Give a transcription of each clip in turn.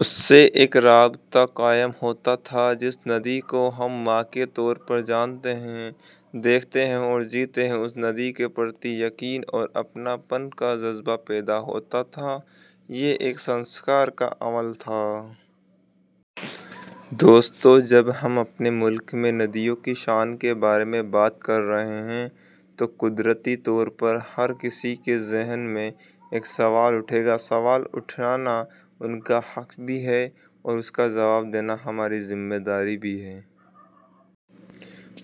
ندیوں سے ربط قائم ہوتاتھا۔ جس ندی کو ماں کے طور پر ہم جانتے ہیں ، دیکھتے ہیں ، جیتے ہیں اس ندی کے تئیں ایک یقین کا جذبہ پیدا ہوتا تھا۔ ایک سنسکار کا عمل تھا۔ دوستو ، جب ہم اپنے ملک میں ندیوں کی شان کے بارے میں بات کر رہے ہیں تو قدرتی طور پر ہر کوئی ایک سوال اٹھائے گا اور سوال اٹھانے کا حق بھی ہے اور اس کا جواب دینا ہماری ذمہ داری بھی ہے۔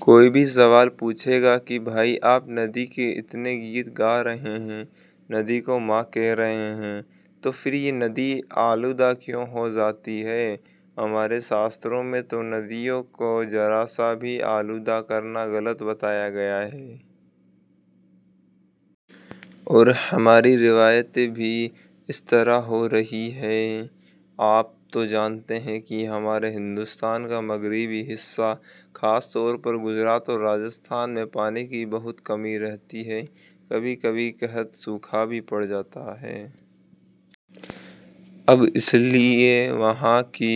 کوئی بھی سوال پوچھے گا کہ بھائی آپ ندی کے اتنے گیت گا رہے ہیں ، ندی کو ماں کہہ رہے ہیں ، تو یہ ندی آلودہ کیوں ہوجاتی ہے؟ ہمارے شاستروں میں تو ندیوں کو تھوڑا سا آلودہ کرنا بھی غلط کہا گیا ہے۔ اور ہماری روایات بھی اس طرح رہی ہیں ، آپ تو جانتے ہیں کہ ہمارے ہندوستان کا مغربی حصہ خصوصا گجرات اور راجستھان ، وہاں پانی کی بہت کمی ہے۔ کبھی کبھی قحط پڑتا ہے۔ اب اس لیے وہاں کی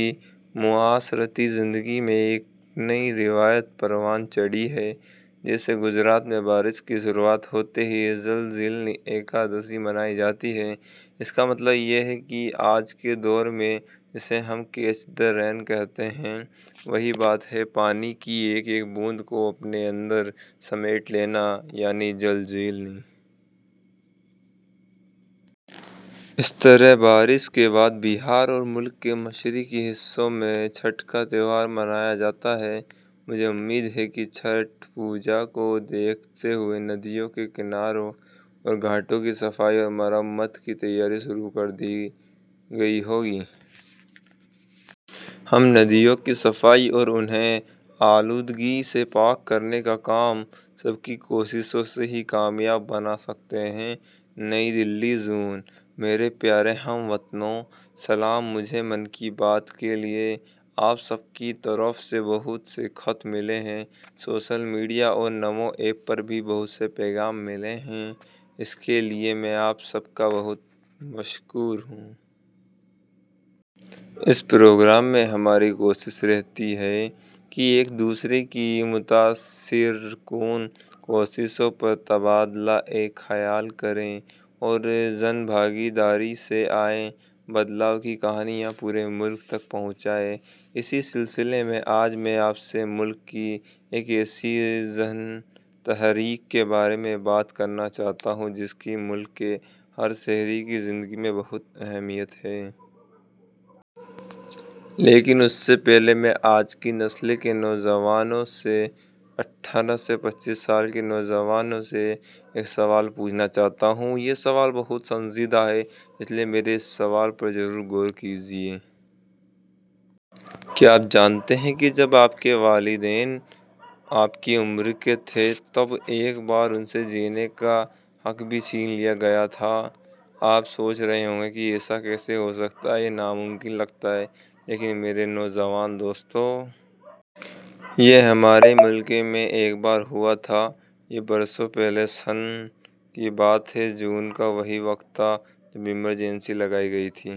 معاشرتی زندگی میں ایک نئی روایت پروان چڑھی ہے۔ جیسے گجرات میں بارش کی شروعات ہوتی ہے تو گجرات میں جل– جیلانی اکادشی مناتے ہیں۔ اس کا مطلب یہ ہے کہ آج کے دور میں ، جسے ہم 'کیچ دی رین' کہتے ہیں ،وہ وہی بات ہے جو پانی کے ایک ایک بوند کو خود میں سمیٹنا، جل – جیلانی۔ اسی طرح سے بارش کے بعد بہار اور مشرقی حصوں میں چھٹ کا تہوار منایا جاتا ہے۔ مجھے امید ہے کہ چھٹ پوجا کو دیکھتے ہوئے ندیوں کے کنارے ، گھاٹوں کی صفائی اور مرمت کی تیاری شروع کر دی گئی ہوگی۔ ہم ندیوں کی صفائی اور انہیں آلودگی سے پاک کرنے کا کام سب کی کوشش. نئی دہلی، /جون۔ میرے پیارے ہم وطنو، سلام۔ مجھے 'من کی بات' کے لیے آپ سب کی طرف سے بہت سے خطوط موصول ہوئے ہیں، سوشل میڈیا اور نمو ایپ پر بھی بہت سے پیغامات موصول ہوئے ہیں، میں اس کے لیے آپ کا بہت مشکور ہوں۔ اس پروگرام میں ہماری کوشش ہے کہ ہم ایک دوسرے کی متاثر کن کوششوں پر تبادلہ خیال کریں، عوامی تحریک کے ذریعے تبدیلی کی کہانی پورے ملک کو سنائیں۔ اس کڑی میں آج میں آپ سے ملک کی ایک ایسی عوامی تحریک پر بات کرنا چاہتا ہوں، جس کی ملک کے ہر شہری کی زندگی میں بہت اہمیت ہے۔ لیکن، اس سے پہلے، میں آج کی نسل کے نوجوانوں سے، - سال کے نوجوانوں سے ایک سوال پوچھنا چاہتا ہوں، اور یہ سوال بہت سنجیدہ ہے، اور میرے سوال پر ضرور غور کریں۔ کیا آپ جانتے ہیں کہ جب آپ کے والدین آپ کی عمر کے تھے تو ایک بار ان سے زندگی کا حق بھی چھین لیا گیا تھا! آپ سوچ رہے ہوں گے کہ یہ کیسے ہوسکتا ہے؟ یہ ناممکن ہے، لیکن میرے نوجوان دوستو! یہ ہمارے ملک میں ایک بار ہوا تھا۔ یہ برسوں پہلے سنہ انیس سو پچھتر کی بات ہے۔ جون کا وہی وقت تھا جب ایمرجنسی لگائی گئی تھی۔